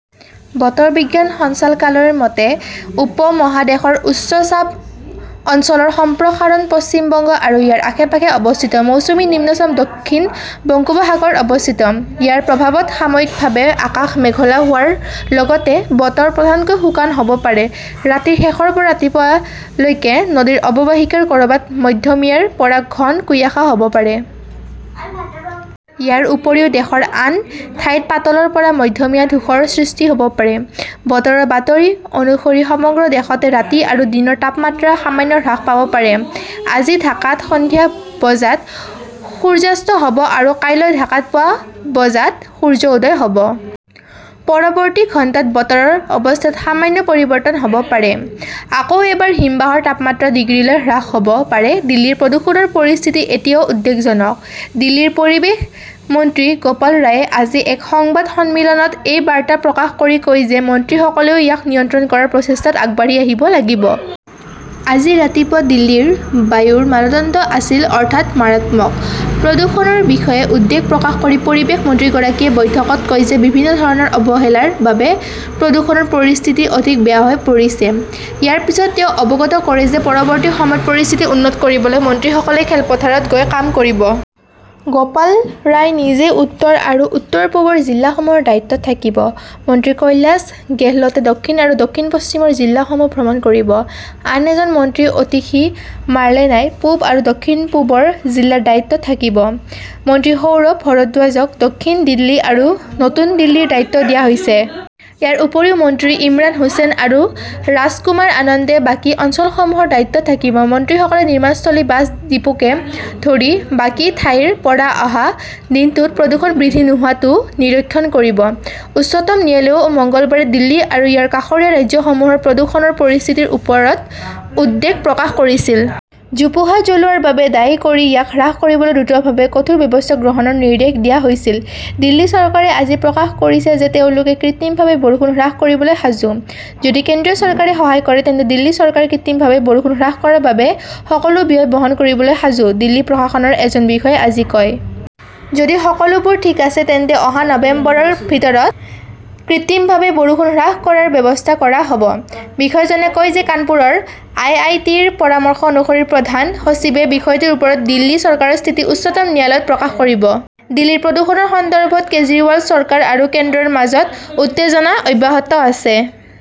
বতৰ বিজ্ঞান সঞ্চালকালয়ৰ মতে, উপমহাদেশৰ উচ্চ চাপ অঞ্চলৰ সম্প্ৰসাৰণ পশ্চিম বংগ আৰু ইয়াৰ আশে-পাশে অৱস্থিত। মৌচুমী নিম্নচাপ দক্ষিণ বংগোপসাগৰত অৱস্থিত। ইয়াৰ প্ৰভাৱত সাময়িকভাৱে আকাশ মেঘলা হোৱাৰ লগতে বতৰ প্ৰধানকৈ শুকান হʼব পাৰে। ৰাতিৰ শেষৰ পৰা ৰাতিপুৱা লৈকে নদীৰ অৱবাহিকাৰ কʼৰবাত মধ্যমীয়াৰ পৰা ঘন কুয়াশা হʼব পাৰে। ইয়াৰ উপৰিও দেশৰ আন ঠাইত পাতলৰ পৰা মধ্যমীয়া ধূসৰ সৃষ্টি হʼব পাৰে। বতৰৰ বাতৰি অনুসৰি সমগ্ৰ দেশতে ৰাতি আৰু দিনৰ তাপমাত্ৰা সামান্য হ্ৰাস পাব পাৰে। আজি ঢাকাত সন্ধিয়া বজাত সূৰ্যাস্ত হ'ব আৰু কাইলৈ ঢাকাত পুৱা বজাত সূৰ্য উদয় হ'ব। পৰৱৰ্তী ঘণ্টাত বতৰৰ অৱস্থাত সামান্য পৰিৱৰ্তন হʼব পাৰে। আকৌ এবাৰ হিমবাহৰ তাপমাত্ৰা ডিগ্ৰীলৈ হ্ৰাস হ 'ব পাৰে দিল্লীৰ প্ৰদূষণৰ পৰিস্থিতি এতিয়াও উদ্বেগজনক। দিল্লীৰ পৰিৱেশ মন্ত্ৰী গোপাল ৰায়ে আজি এক সংবাদ সন্মিলনত এই বাৰ্তা প্ৰকাশ কৰি কয় যে মন্ত্ৰীসকলেও ইয়াক নিয়ন্ত্ৰণ কৰাৰ প্ৰচেষ্টাত আগবাঢ়ি আহিব লাগিব। আজি ৰাতিপুৱা দিল্লীৰ বায়ুৰ মানদণ্ড আছিল, অৰ্থাৎ মাৰাত্মক। প্ৰদূষণৰ বিষয়ে উদ্বেগ প্ৰকাশ কৰি পৰিৱেশ মন্ত্ৰীগৰাকীয়ে বৈঠকত কয় যে বিভিন্ন ধৰণৰ অৱহেলাৰ বাবে প্ৰদূষণৰ পৰিস্থিতি অধিক বেয়া হৈ পৰিছে। ইয়াৰ পিছত তেওঁ অৱগত কৰে যে পৰৱৰ্তী সময়ত পৰিস্থিতি উন্নত কৰিবলৈ মন্ত্ৰীসকলে খেলপথাৰত গৈ কাম কৰিব। গোপাল ৰাই নিজেই উত্তৰ আৰু উত্তৰ-পূবৰ জিলাসমূহৰ দায়িত্বত থাকিব। মন্ত্ৰী কৈলাশ গেহলটে দক্ষিণ আৰু দক্ষিণ-পশ্চিমৰ জিলাসমূহ ভ্ৰমণ কৰিব। আন এজন মন্ত্ৰী অতিশী মাৰ্লেনাই পূব আৰু দক্ষিণ-পূবৰ জিলাৰ দায়িত্বত থাকিব। মন্ত্ৰী সৌৰভ ভৰদ্বাজক দক্ষিণ দিল্লী আৰু নতুন দিল্লীৰ দায়িত্ব দিয়া হৈছে। ইয়াৰ উপৰিও মন্ত্ৰী ইমৰান হোসেন আৰু ৰাজ কুমাৰ আনন্দে বাকী অঞ্চলসমূহৰ দায়িত্বত থাকিব। মন্ত্ৰীসকলে নিৰ্মাণস্থলী, বাছ ডিপোকে ধৰি বাকী ঠাইৰ পৰা অহা দিনটোত প্ৰদূষণ বৃদ্ধি নোহোৱাটোও নিৰীক্ষণ কৰিব। উচ্চতম ন্যায়ালয়েও মঙলবাৰে দিল্লী আৰু ইয়াৰ কাষৰীয়া ৰাজ্যসমূহৰ প্ৰদূষণৰ পৰিস্থিতিৰ ওপৰত উদ্বেগ প্ৰকাশ কৰিছিল। জোপোহা জ্বলোৱাৰ বাবে দায়ী কৰি ইয়াক হ্ৰাস কৰিবলৈ দ্ৰুতভাৱে কঠোৰ ব্যৱস্থা গ্ৰহণৰ নিৰ্দেশ দিয়া হৈছিল। দিল্লী চৰকাৰে আজি প্ৰকাশ কৰিছে যে তেওঁলোকে কৃত্ৰিমভাৱে বৰষুণ হ্ৰাস কৰিবলৈ সাজু। যদি কেন্দ্ৰীয় চৰকাৰে সহায় কৰে, তেন্তে দিল্লী চৰকাৰে কৃত্ৰিমভাৱে বৰষুণ হ্ৰাস কৰাৰ বাবে সকলো ব্যয় বহন কৰিবলৈ সাজু, দিল্লী প্ৰশাসনৰ এজন বিষয়াই আজি কয়। যদি সকলোবোৰ ঠিক আছে, তেন্তে অহা নৱেম্বৰৰ ভিতৰত কৃত্ৰিমভাৱে বৰষুণ হ্ৰাস কৰাৰ ব্যৱস্থা কৰা হ 'ব। বিষয়াজনে কয় যে কানপুৰৰ আই. আই. টি. -ৰ পৰামৰ্শ অনুসৰি প্ৰধান সচিবে বিষয়টোৰ ওপৰত দিল্লী চৰকাৰৰ স্থিতি উচ্চতম ন্যায়ালয়ত প্ৰকাশ কৰিব। দিল্লীৰ প্ৰদূষণৰ সন্দৰ্ভত কেজৰিৱাল চৰকাৰ আৰু কেন্দ্ৰৰ মাজত উত্তেজনা অব্যাহত আছে।